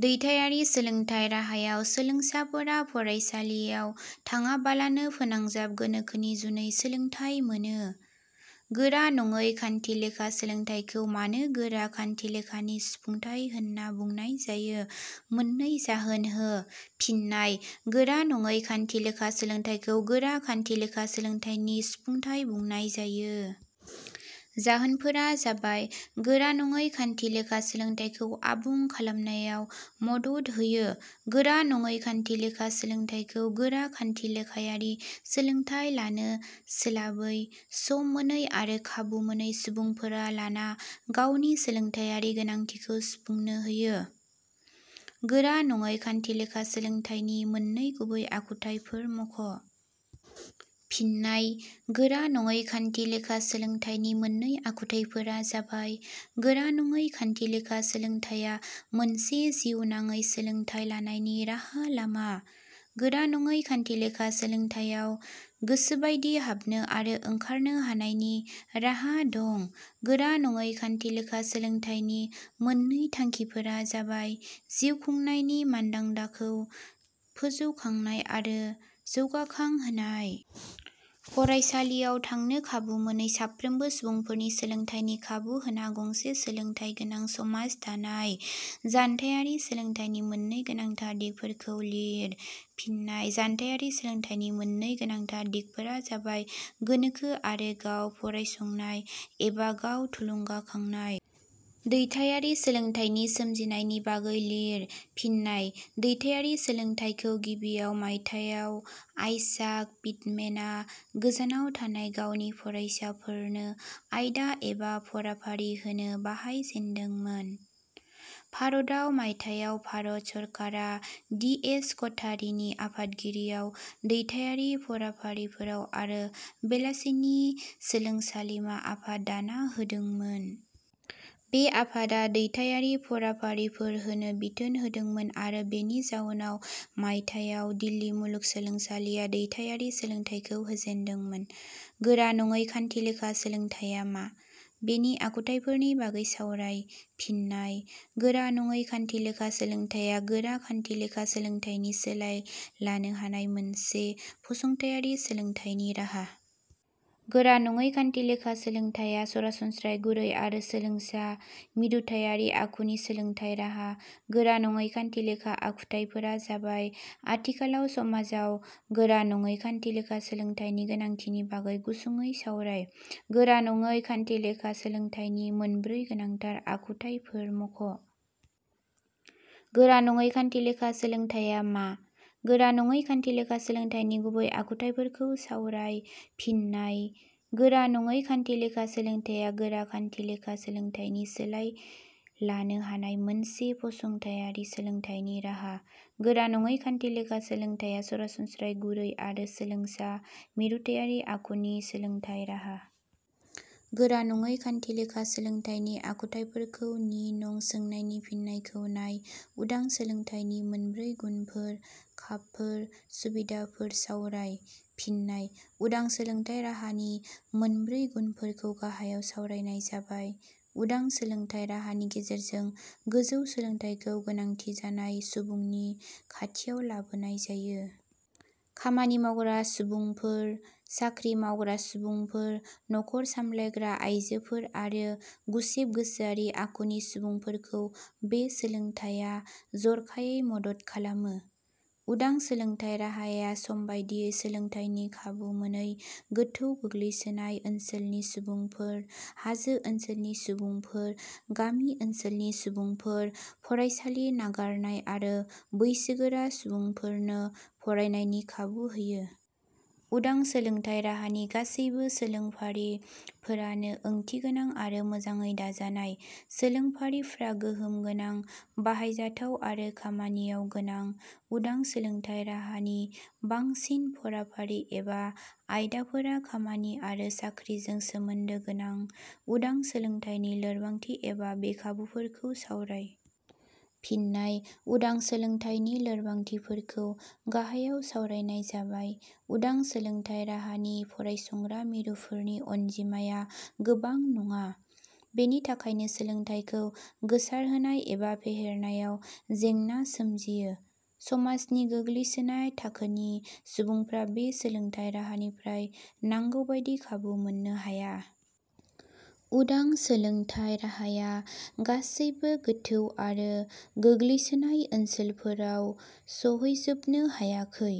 दैथाइयारि सोलोंथाइ राहायाव सोलोंसाफोरा फरायसालियाव थांआबालानो फोनांजाब गोनोखोनि जुनै सोलोंथाइ मोनो।. गोरा नङै खान्थिलेखा सोलोंथाइखौ मानो गोरा खान्थिलेखानि सुफुंथाइ होनना बुंनाय जायो? मोननै जाहोन हो। फिन्नाय: गोरा नङै खान्थिलेखा सोलोंथाइखौ गोरा खान्थिलेखा सोलोंथाइनि सुफुंथाइ बुंनाय जायो। जाहोनफोरा जाबाय:. गोरा नङै खान्थिलेखा सोलोंथाइखौ आबुं खालामनायाव मदद होयो।. गोरा नङै खान्थिलेखा सोलोंथाइखौ गोरा खान्थिलेखायारि सोलोंथाइ लानो सोलाबै, सम मोनै आरो खाबु मोनै सुबुंफोरा लाना गावनि सोलोंथाइयारि गोनांथिखौ सुफुंनो होयो।. गोरा नङै खान्थिलेखा सोलोंथाइनि मोननै गुबै आखुथाइफोर मख'। फिन्नाय: गोरा नङै खान्थिलेखा सोलोंथाइनि मोननै आखुथाइफोर जाबाय:. गोरा नङै खान्थिलेखा सोलोंथाइया मोनसे जिउ नाङै सोलोंथाइ लानायनि राहा लामा।. गोरा नङै खान्थिलेखा सोलोंथाइयाव गोसोबादि हाबनो आरो ओंखारनो हानायनि राहा दं।.गोरा नङै खान्थिलेखा सोलोंथाइनि मोननै थांखिफोरा जाबाय: जिउ खुंनायनि मानदान्दांखौ फोजौखांनाय आरो जौगाखांहोनाय। फरायसालियाव थांनो खाबु मोनै साफ्रोमबो सुबुंफोरनि सोलोंथाइनि खाबु होना गंसे सोलोंथाइ गोनां समास दानाय।. जानथायारि सोलोंथाइनि मोननै गोनांथार दिगफोरखौ लिर। फिन्नाय: जानथायारि सोलोंथाइनि मोननै गोनांथार दिगफोरा जाबाय:. गोनोखो आरो. गाव फरायसंनाय एबा गाव थुलुंगाखांनाय।. दैथाइयारि सोलोंथाइनि सोमजिनायनि बागै लिर। फिन्नाय: दैथाइयारि सोलोंथाइखौ गिबियाव मायथाइयाव आयसाक पिटमेन आ गोजानाव थानाय गावनि फरायसाफोरनो '' आयदा एबा फरायफारि होनो बाहाय जेनदोंमोन। भारताव मायथाइयाव भारत सरकारा डि. एस. कथारिनि आफादगिरियाव दैथाइयारि फराफारिफोराव आरो बेलासेनि सोलोंसालिमा आफाद दाना होदोंमोन। बे आफादा दैथाइयारि फराफारिफोर होनो बिथोन होदोंमोन आरो बेनि जाउनाव मायथाइयाव दिल्ली मुलुगसोलोंसालिया दैथाइयारि सोलोंथाइखौ होजेनदोंमोन।. गोरा नङै खान्थिलेखा सोलोंथाइया मा? बेनि आखुथाइफोरनि बागै सावराय। फिन्नाय: गोरा नङै खान्थिलेखा सोलोंथाइया गोरा खान्थिलेखा सोलोंथाइनि सोलाय लानो हानाय मोनसे फसंथाइयारि सोलोंथाइनि राहा। गोरा नङै खान्थिलेखा सोलोंथाइया सरासनस्रायै गुरै आरो सोलोंसा – मिरुथाइयारि आखुनि सोलोंथाइ राहा। गोरा नङै खान्थिलेखा आखुथाइफोरा जाबाय:.आथिखालाव समाजाव गोरा नङै खान्थिलेखा सोलोंथाइनि गोनांथिनि बागै गुसुङै सावराय।. गोरा नङै खान्थिलेखा सोलोंथाइनि मोनब्रै गोनांथार आखुथाइफोर मख'।. गोरा नङै खान्थिलेखा सोलोंथाइया मा? गोरा नङै खान्थिलेखा सोलोंथाइनि गुबै आखुथाइफोरखौ सावराय। फिन्नाय: गोरा नङै खान्थिलेखा सोलोंथाइया गोरा खान्थिलेखा सोलोंथाइनि सोलाय लानो हानाय मोनसे फसंथाइयारि सोलोंथाइनि राहा। गोरा नङै खान्थिलेखा सोलोंथाइया सरासनस्रायै गुरै आरो सोलोंसा – मिरुथाइयारि आखुनि सोलोंथाइ राहा। गोरा नङै खान्थिलेखा सोलोंथाइनि आखुथाइफोरखौ नि नं सोंनायनि फिननायखौ नाय।. उदां सोलोंथाइनि मोनब्रै गुनफोर/खाबफोर/ सुबिधाफोर सावराय। फिन्नाय: उदां सोलोंथाइ राहानि मोनब्रै गुनफोरखौ गाहायाव सावरायनाय जाबाय:. उदां सोलोंथाइ राहानि गेजेरजों गोजौ सोलोंथाइखौ गोनांथि जानाय सुबुंनि खाथियाव लाबोनाय जायो। खामानि मावग्रा सुबुंफोर, साख्रि मावग्रा सुबुंफोर, नख'र सामलायग्रा आइजोफोर आरो गुसेब गोसोआरि आखुनि सुबुंफोरखौ बे सोलोंथाइया जर'खायै मदद खालामो।. उदां सोलोंथाइ राहाया समबादियै सोलोंथाइनि खाबु मोनै गोथौ गोग्लैसोनाय ओनसोलनि सुबुंफोर, हाजो ओनसोलनि सुबुंफोर, गामि ओनसोलनि सुबुंफोर, फरायसालि नागारनाय आरो बैसो गोरा सुबुंफोरनो फरायनायनि खाबु होयो।. उदां सोलोंथाइ राहानि गासैबो सोलोंफारि फोरानो ओंथि गोनां आरो मोजाङै दाजानाय। सोलोंफारिफ्रा गोहोम गोनां, बाहायजाथाव आरो खामानियाव गोनां।. उदां सोलोंथाइ राहानि बांसिन फराफारि एबा आयदाफोरा खामानि आरो साख्रिजों सोमोन्दो गोनां।.उदां सोलोंथाइनि लोरबांथि एबा बेखाबुफोरखौ सावराय। फिन्नाय: उदां सोलोंथाइनि लोरबांथि फोरखौ गाहायाव सावरायनाय जाबाय: उदां सोलोंथाइ राहानि फरायसंग्रा मिरुफोरनि अनजिमाया गोबां नङा, बेनि थाखायनो सोलोंथाइखौ गोसार होनाय एबा फेहेरनायाव जेंना सोमजियो। समाजनि गोग्लैसोनाय थाखोनि सुबुंफ्रा बे सोलोंथाइ राहानिफ्राय नांगौबादि खाबु मोननो हाया। उदां सोलोंथाइ राहाया गासैबो गोथौ आरो गोग्लैसोनाय ओनसोलफोराव सहैजोबनो हायाखै।